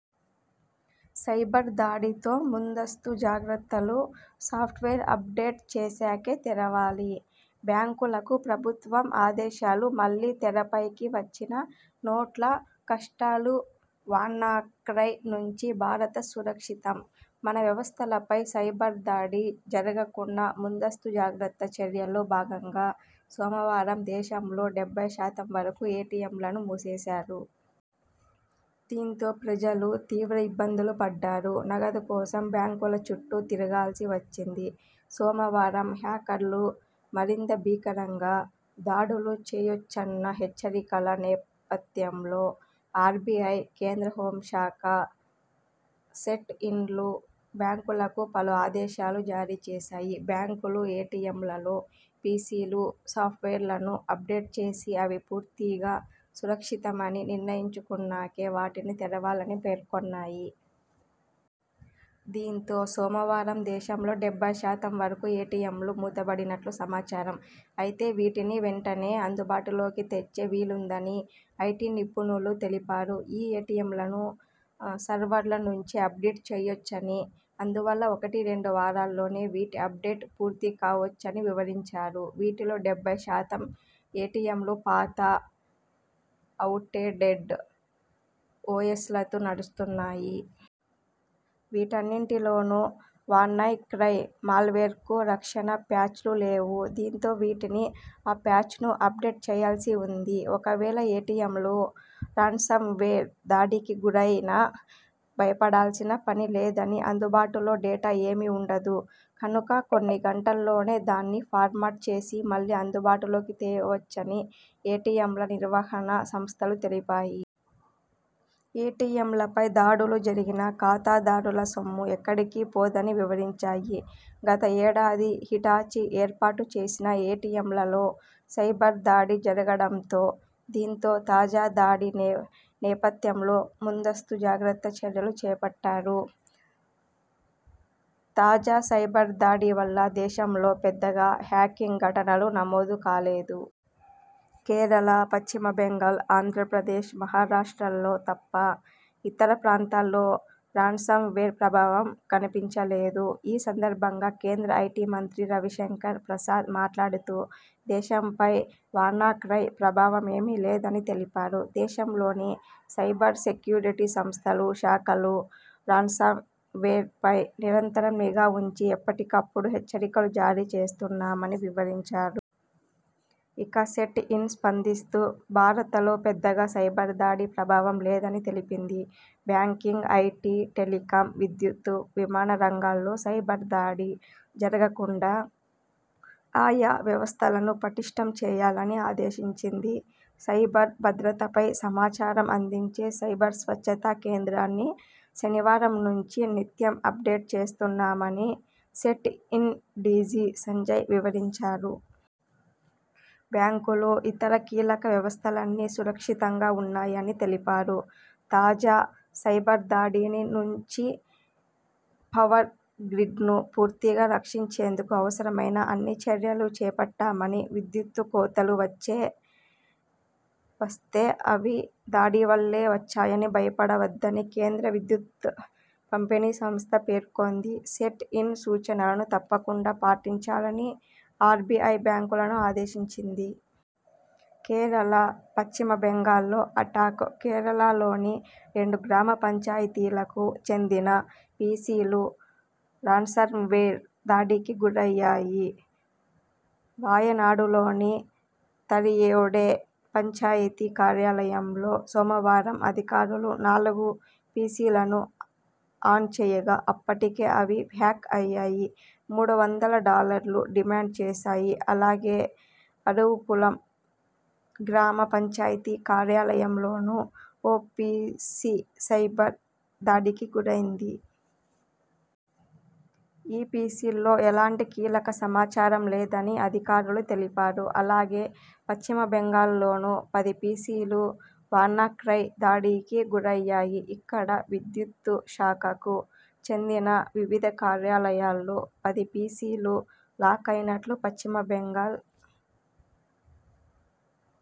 Cyber దాడితో ముందస్తు జాగ్రత్తలు సాఫ్ట్వేర్ అప్డేట్ చేశాకే తెరవాలి బ్యాంకులకు ప్రభుత్వం ఆదేశాలు మళ్లీ తెరపైకి వచ్చిన నోట్ల కష్టాలువాన్నా క్రై నుంచి భారత్ సురక్షితం! మన వ్యవస్థలపై సైబర్ దాడి జరగకున్నా ముందస్తు జాగ్రత్త చర్యల్లో భాగంగా సోమవారం దేశంలో డెబ్బై శాతం వరకు ఏటీఎంలను మూసేశారు. దీంతో ప్రజలు తీవ్ర ఇబ్బందులు పడ్డారు. నగదు కోసం బ్యాంకుల చుట్టూ తిరగాల్సి వచ్చింది. సోమవారం హ్యాకర్లు మరింత భీకరంగా దాడులు చేయొచ్చన్న హెచ్చరికల నేపథ్యంలో ఆర్బీఐ కేంద్ర హోం శాఖ, సెర్ట్ ఇన్లు బ్యాంకులకు పలు ఆదేశాలు జారీ చేశాయి. బ్యాంకులు ఏటీఎంలలో పీసీలు, సాఫ్ట్వేర్లను అప్డేట్ చేసి అవి పూర్తిగా సురక్షితమని నిర్ణయించుకున్నాకే వాటిని తెరవాలని పేర్కొన్నాయి. దీంతో సోమవారం దేశంలో డెబ్బై శాతం వరకు ఏటీఎంలు మూతబడినట్లు సమాచారం. అయితే వీటిని వెంటనే అందుబాటులోకి తెచ్చే వీలుందని ఐటీ నిపుణులు తెలిపారు. ఈ ఏటీఎంలను సర్వర్ల నుంచే అప్డేట్ చేయొచ్చని అందువల్ల ఒకటి రెండు వారాల్లోనే వీటి అప్డేట్ పూర్తికావొచ్చని వివరించారు. వాటిలో డెబ్బై శాతం ఏటీఎంలు పాత, అవుట్డేటెడ్ ఓఎ్సలతో నడుస్తున్నాయి. వీటన్నింటిలోనూ వాన్నా క్రై మాల్వేర్కు రక్షణ ప్యాచ్లు లేవు. దీంతో వీటిలో ఆ ప్యాచ్ను ఆప్డేట్ చేయాల్సి ఉంది. ఒకవేళ ఏటీఎంలు రాన్సమ్వేర్ దాడికి గురైనా భయపడాల్సిన పని లేదని అందులో డేటా ఏమీ ఉండదు కనుక కొన్ని గంటల్లోనే దాన్ని ఫార్మట్ చేసి మళ్లీ అందుబాటులోకి తేవొచ్చని ఏటీఎంల నిర్వహణ సంస్థలు తెలిపాయి. ఏటీఎంలపై దాడులు జరిగినా ఖాతాదారుల సొమ్ము ఎక్కడికీ పోదని వివరించాయి. గత ఏడాది హిటాచీ ఏర్పాటు చేసిన ఏటీఎంలలో సైబర్ దాడి జరగడంతో దీంతో తాజా దాడి నేపథ్యంలో ముందస్తు జాగ్రత్త చర్యలు చేపట్టారు. తాజా సైబర్ దాడి వల్ల దేశంలో పెద్దగా హ్యాకింగ్ ఘటనలు నమోదు కాలేదు. కేరళ, పశ్చిమ బెంగాల్, ఆంధ్రప్రదేశ్, మహారాష్ట్రల్లో తప్ప ఇతర ప్రాంతాల్లో రాన్సమ్వేర్ ప్రభావం కనిపించలేదు. ఈ సందర్భంగా కేంద్ర ఐటీ మంత్రి రవిశంకర్ ప్రసాద్ మాట్లాడుతూ దేశంపై వాన్నా క్రై ప్రభావం ఏమీ లేదని తెలిపారు. దేశంలోని సైబర్ సెక్యురిటీ సంస్థలు, శాఖలు రాన్సమ్వేర్పై నిరంతరం నిఘా ఉంచి ఎప్పటికిప్పుడు హెచ్చరికలు జారీ చేస్తున్నాయని వివరించారు. ఇక సెర్ట్ ఇన్ స్పందిస్తూ భారతలో పెద్దగా సైబర్ దాడి ప్రభావం లేదని తెలిపింది. బ్యాంకింగ్, ఐటీ, టెలికం, విద్యుత్తు, విమాన రంగాల్లో సైబర్ దాడి జరుగకుండా ఆయా వ్యవస్థలను పటిష్ఠం చేయాలని ఆదేశించింది. సైబర్ భద్రతపై సమాచారం అందించే సైబర్ స్వచ్చతా కేంద్రాన్ని శనివారం నుంచి నిత్యం అప్డేట్ చేస్తున్నామని సెర్ట్ ఇన్ డీజీ సంజయ్ వివరించారు. బ్యాంకులు ఇతర కీలక వ్యవస్థలన్నీ సురక్షితంగా ఉన్నాయని తెలిపారు. తాజా సైబర్దాడిని నుంచి పవర్ గ్రిడ్ను పూర్తిగా రక్షించేందుకు అవసరమైన అన్ని చర్యలూ చేపట్టామని విద్యుత్తు కోతలు వస్తే అవి దాడివల్లే వచ్చాయని భయపడవద్దని కేంద్ర విద్యుత్తు పంపిణీ సంస్థ పేర్కొంది. సెర్ట్ ఇన్ సూచనలను తప్పకుండా పాటించాలని ఆర్బీఐ బ్యాంకులను ఆదేశించింది. కేరళ, పశ్చిమ బెంగాల్లో అటాక్! కేరళలోని రెండు గ్రామ పంచాయతీలకు చెందిన పీసీలు రాన్సమ్వేర్ దాడికి గురయ్యాయి. వాయనాడులోని థరియోడె పంచాయతీ కార్యాలయంలో సోమవారం అధికారులు నాలుగు పీసీలను ఆన్ చేయగా అప్పటికే అవి హ్యాక్ అయ్యాయి. మూడు వందల డాలర్లు డిమాండ్ చేశాయి. ఇలాగే అరువపుళం గ్రామ పంచాయతీ కార్యాలయంలోనూ ఓ పీసీ సైబర్ దాడికి గురైంది. ఈ పీసీల్లో ఎలాంటి కీలక సమాచారం లేదని అధికారులు తెలిపారు. అలాగే పశ్చిమబెంగాల్లోనూ పది పీసీలు వాన్నా క్రై దాడికి గురయ్యాయి. ఇక్కడ విద్యుత్తు శాఖకు చెందిన వివిధ కార్యాలయాల్లో పది పీసీలు లాక్ అయినట్లు పశ్చిమ బెంగాల్